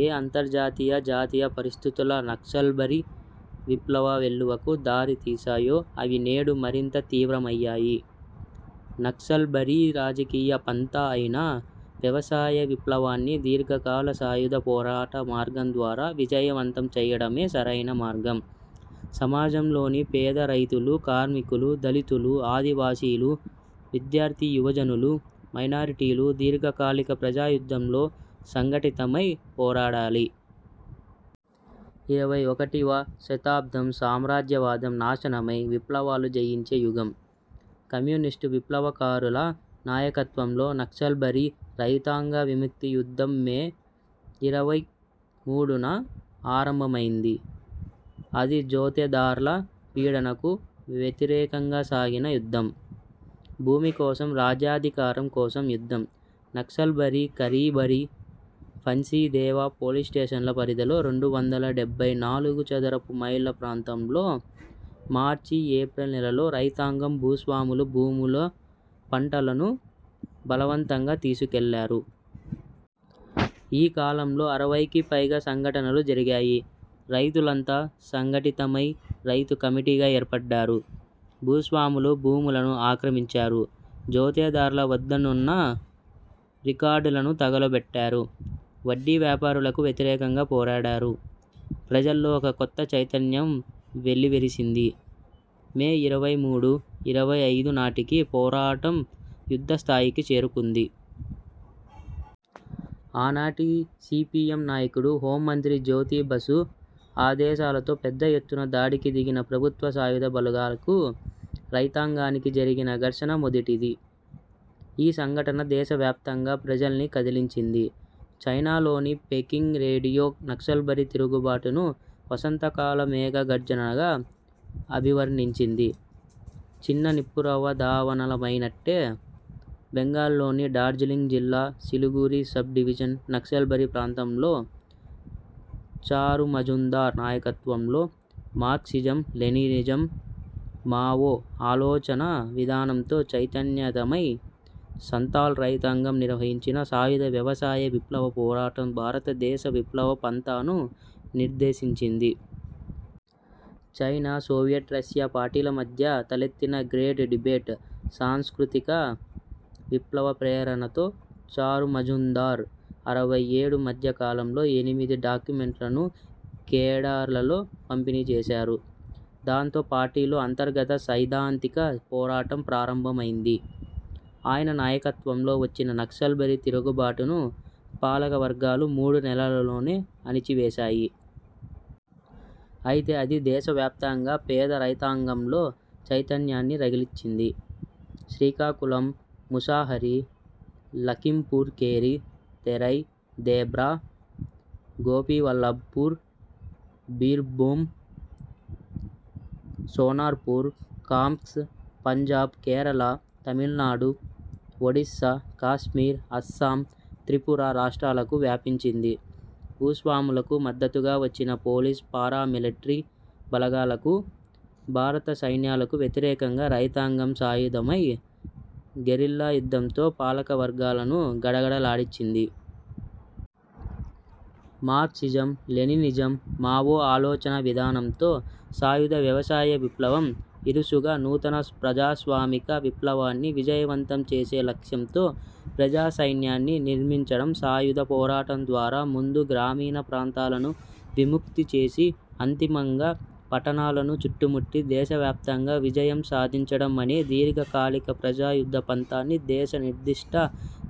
ఏ అంతర్జాతీయ జాతీయ పరిస్థితులు నక్సల్బరీ విప్లవ వెల్లువకు దారి తీసాయో అవి నేడు మరింత తీవ్రమయ్యాయి. నక్సల్బరీ రాజకీయ పంథా అయిన వ్యవసాయ విప్లవాన్ని దీర్ఘకాల సాయుధ పోరాట మార్గం ద్వారా విజయవంతం చేయడమే సరైన మార్గం. సమాజంలోని పేద రైతులు, కార్మికులు, దళితులు, ఆదివాసీలు, విద్యార్థి యువజనులు, మైనారిటీలు దీర్ఘకాలిక ప్రజాయుద్ధంలో సంఘటితమై పోరాడాలి. ఇరవై ఒకటివ శతాబ్దం సామ్రాజ్యవాదం నాశనమై, విప్లవాలు జయించే యుగం! కమ్యూనిస్టు విప్లవకారుల నాయకత్వంలో నక్సల్బరీ రైతాంగ విముక్తి యుద్ధం మే ఇరవై మూడున ఆరంభమైంది. అది జోతేదార్ల పీడనకు వ్యతిరేకంగా సాగిన యుద్ధం. భూమి కోసం రాజ్యాధికారం కోసం యుద్ధం. నక్సల్బరీ, ఖరీబారీ, ఫన్సీ దేవా పోలీస్ స్టేషన్ల పరిధిలో రెండు వందల డెబ్బై నాలుగు చదరపు మైళ్ళ ప్రాంతంలో మార్చి, ఏప్రిల్ లల్లో రైతాంగం భూస్వాముల భూముల్లో పంటలను బలవంతంగా తీసుకెళ్ళారు. ఈ కాలంలో అరవైకి పైగా సంఘటనలు జరిగాయి. రైతులంతా సంఘటితమై రైతు కమిటీగా ఏర్పడ్డారు. భూస్వాముల భూములను ఆక్రమించారు. జోతేదార్ల వద్దనున్న రికార్డులను తగులబెట్టారు. వడ్డీ వ్యాపారులకు వ్యతిరేకంగా పోరాడారు. ప్రజల్లో ఒక కొత్త చైతన్యం వెల్లివిరిసింది. మే ఇరవై మూడు, ఇరవై ఐదు నాటికి పోరాటం యుద్ధ స్థాయికి చేరుకుంది. ఆనాటి సిపిఎం నాయకుడు, హోంమంత్రి జ్యోతి బసు ఆదేశాలతో పెద్ద ఎత్తున దాడికి దిగిన ప్రభుత్వ సాయుధ బలగాలకు, రైతాంగానికి జరిగిన ఘర్షణ మొదటిది. ఈ సంఘటన దేశవ్యాప్తంగా ప్రజల్ని కదిలించింది. చైనాలోని పెకింగ్ రేడియో నక్సల్బరీ తిరుగుబాటును వసంతకాల మేఘ గర్జనగా అభివర్ణించింది. చిన్న నిప్పురవ్వ దావానలమైనట్టే బెంగాల్లోని డార్జిలింగ్ జిల్లా సిలిగురి సబ్ డివిజన్ నక్సల్బరీ ప్రాంతంలో చారుమజుందార్ నాయకత్వంలో మార్క్సిజం–లెనినిజం–మావో ఆలోచనా విధానంతో చైతన్యయుతమై సంతాల్ రైతాంగం నిర్వహించిన సాయుధ వ్యవసాయ విప్లవ పోరాటం భారత దేశ విప్లవ పంథాను నిర్దేశించింది. చైనా, సోవియట్ రష్యా పార్టీల మధ్య తలెత్తిన గ్రేట్ డిబేట్, సాంస్కృతిక విప్లవ ప్రేరణతో చారు మజుందార్ అరవై ఏడు మధ్య కాలంలో ఎనిమిది డాక్యుమెంట్లను కేడర్లలో పంపిణీ చేశారు. దాంతో పార్టీలో అంతర్గత సైద్ధాంతిక పోరాటం ప్రారంభమైంది. ఆయన నాయకత్వంలో వచ్చిన నక్సల్బరీ తిరుగుబాటును పాలకవర్గాలు మూడు నెలల్లోనే అణిచివేశాయి. అయితే అది దేశవ్యప్తంగా పేద రైతాంగంలో చైతన్యాన్ని రగిల్చింది. శ్రీకాకుళం, ముషాహరి, లఖింపూర్ ఖేరి, తెరై, దేబ్రా, గోపివల్లబ్పూర్, బీర్భూమ్, సోనార్ పూర్, కామ్క్స, పంజాబ్, కేరళ, తమిళనాడు, ఒడిశా, కశ్మీర్, అస్సామ్, త్రిపుర రాష్ట్రాలకు వ్యాపించింది. భూస్వాములకు మద్దతుగా వచ్చిన పోలీసు పారా మిలిటరీ బలగాలకు, భారత సైన్యాలకు వ్యతిరేకంగా రైతాంగం సాయుధమై గెరిల్లా యుద్ధంతో పాలకవర్గాలను గడగడలాడించింది. మార్క్సిజం–లెనినిజం–మావో ఆలోచనా విధానంతో సాయుధ వ్యవసాయ విప్లవం ఇరుసుగా నూతన ప్రజాస్వామిక విప్లవాన్ని విజయవంతం చేసే లక్ష్యంతో ప్రజాసైన్యాన్ని నిర్మించడం సాయుధ పోరాటం ద్వారా ముందు గ్రామీణ ప్రాంతాలను విముక్తి చేసి అంతిమంగా పట్టణాలను చుట్టుముట్టి దేశవ్యాప్తంగా విజయం సాధించడం అనే దీర్ఘకాలిక ప్రజాయుద్ధ పంథాని దేశ నిర్దిష్ట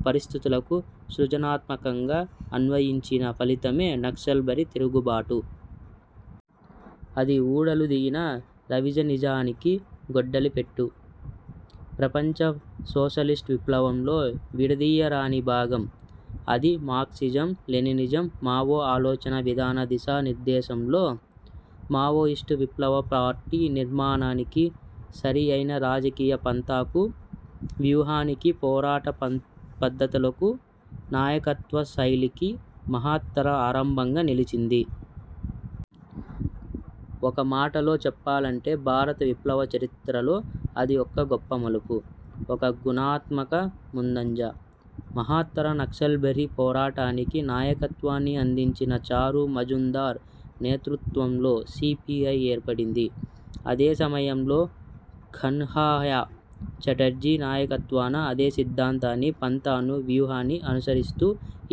పరిస్థితులకు సృజనాత్మకంగా అన్వయించిన ఫలితమే నక్సల్బరీ తిరుగుబాటు. అది ఊడలు దిగిన రివిజ నిజానికి గొడ్డలిపెట్టు. ప్రపంచ సోషలిస్టు విప్లవంలో విడదీయరాని భాగం. అది మార్క్సిజం–లెనినిజం–మావో ఆలోచనా విధాన దిశా నిర్దేశంలో మావోయిస్టు విప్లవ పార్టీ నిర్మాణానికి, సరి యైన రాజకీయ పంథాకు, వ్యూహానికి, పోరాట పద్ధతులకు, నాయకత్వ శైలికి మహత్తర ఆరంభంగా నిలిచింది. ఒక మాటలో చెప్పాలంటే భారత విప్లవ చరిత్రలో అది ఒక గొప్ప మలుపు. ఒక గుణాత్మక ముందంజ. మహత్తర నక్సల్బరీ పోరాటానికి నాయకత్వాన్ని అందించిన చారు మజుందార్ నేతృత్వంలో సి. పి. ఐ. ఏర్పడింది. అదే సమయంలో కన్హయ చటర్జీ నాయకత్వాన అదే సిద్ధాంతాన్నీ, పంథాను, వ్యూహాన్నీ అనుసరిస్తూ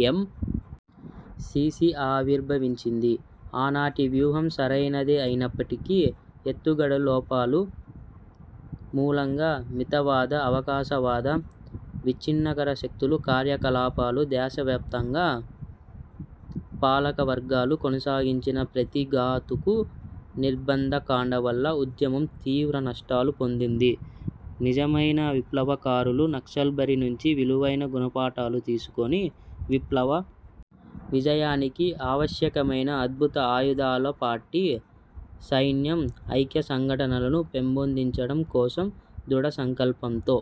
ఎం. సి. సి. ఆవిర్భవించింది. ఆనాటి వ్యూహం సరైనదే అయినప్పటికీ ఎత్తుగడల లోపాల మూలంగా మితవాద, అవకాశవాద విచ్ఛిన్నకర శక్తుల కార్యకలాపాలు, దేశవ్యాప్తంగా పాలకవర్గాలు కొనసాగించిన ప్రతిఘాతుక నిర్బంధకాండ వల్ల ఉద్యమం తీవ్ర నష్టాలు పొందింది. నిజమైన విప్లవకారులు నక్సల్బరీ నుంచి విలువైన గుణపాఠాలు తీసుకొని విప్లవ విజయానికి అవశ్యకమైన అద్భుత ఆయుధాలు పార్టీ, సైన్యం, ఐక్య సంఘటనలను పెంపొందించడం కోసం ధృఢ సంకల్పంతో,